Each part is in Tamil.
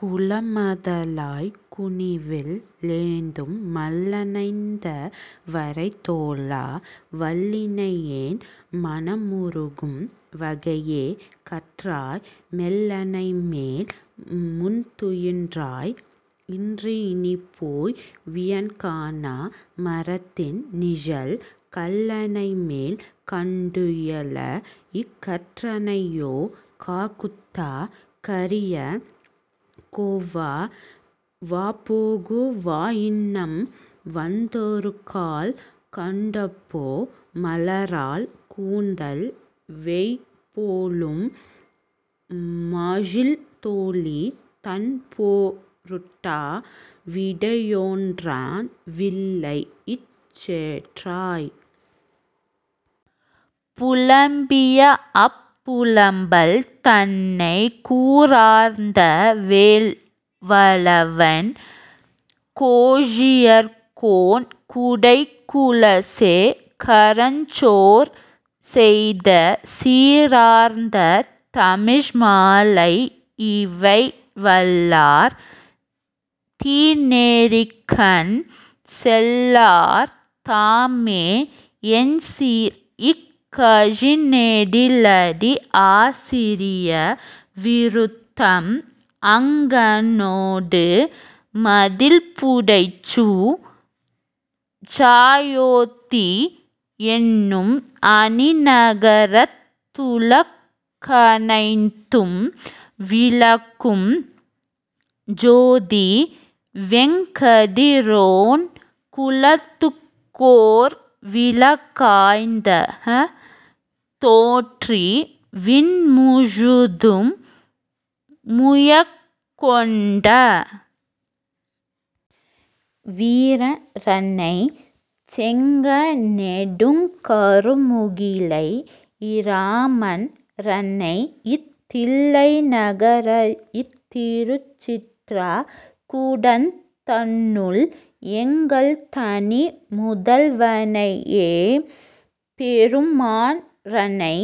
குலமதலாய் குனிவில் லேந்தும் மல்லணைந்த வரைத்தோளா வல்லினையேன் மனமுருக்கும் வகையே கற்றாய் மெல்லணைமேல் முன்துயின்றாய் இன்றினிப்போய் வியன்கான மரத்தின் நீழல் கல்லணைமேல் கண்டுயிலக் கற்றனையோ காகுத்தா கரிய கோவா வாபோகு வாஇன்னம் வந்தொருகால் கண்டபோ மலராள் கூந்தல் வேய்போலும் மகில்தோளி தன்பொருட்டா விடையோன்றன் வில்லைச் செற்றாய் புலம்பியஅப் புலம்பல் தன்னை கூரார்ந்த வேல்வலவன் கோழியர்கோன் குடைக்குலசே கரஞ்சொற் செய்த சீரார்ந்த தமிழ்மாலை யிவைவல்லார் தீநெறிக்கண் செல்லார் தாமே எண்சீர்க் கழிநெடிலடி ஆசிரிய விருத்தம் அங்கணெடு மதிள்புடைசூ ழயோத்தி யென்னும் அணிநகரத் துலகனைத்தும் விளக்கும் சோதி வெங்கதிரோன் குலத்துக்கோர் விளக்காய்த் தோன்றி விண்முழுது முயக்கொண்ட வீரன் றன்னை, செங்கணெடுங் கருமுகிலை யிராமன் றன்னைத் தில்லைநகர்த் திருச்சித்ர கூடந் தன்னுள் எங்கள்தனி முதல்வனையெம் பெருமான் றன்னை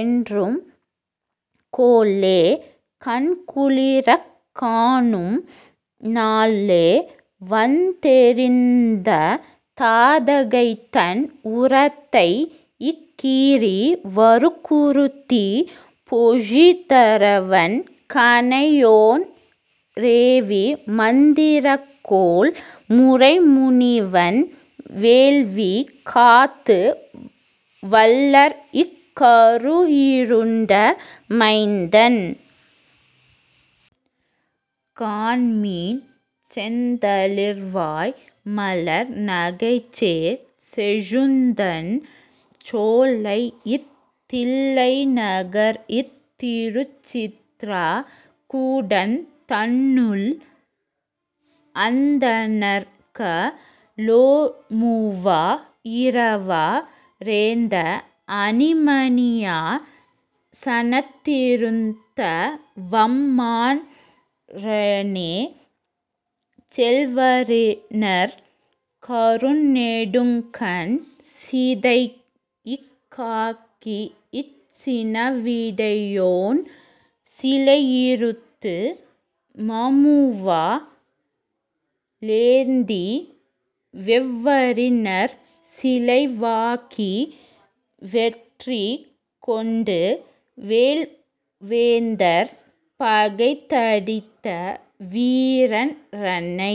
என்றுகொலோ கண்குளிரக் காணு நாளே வந்தெதிர்ந்த தாடகைதன் உரத்தைக் கீறி வருகுருதி பொழிதரவன் கணையொன் றேவி மந்திரங்கொள் மறைமுனிவன் வேள்வி காத்து வல்லரக்க ருயிருண்ட மைந்தன் காண்மின் செந்தளிர்வாய் மலர்நகைசேர் செழுந்தண் சோலைத் தில்லைநகர்த் திருச்சித்ர கூடந் தன்னுள் அந்தணர்க ளொருமூவா யிரவ ரேத்த அணிமணியா சனத்திருந்த வம்மான் றானே செல்வரிநற் கருநெடுங்கண் சீதைக் காகிச் சினவிடையோன் சிலையிறுத்து மழுவா ளேந்தி வெவ்வரிநற் சிலைவாங்கி வென்றி கொண்டு வேல்வேந்தர் பகைதடிந்த வீரன் றன்னை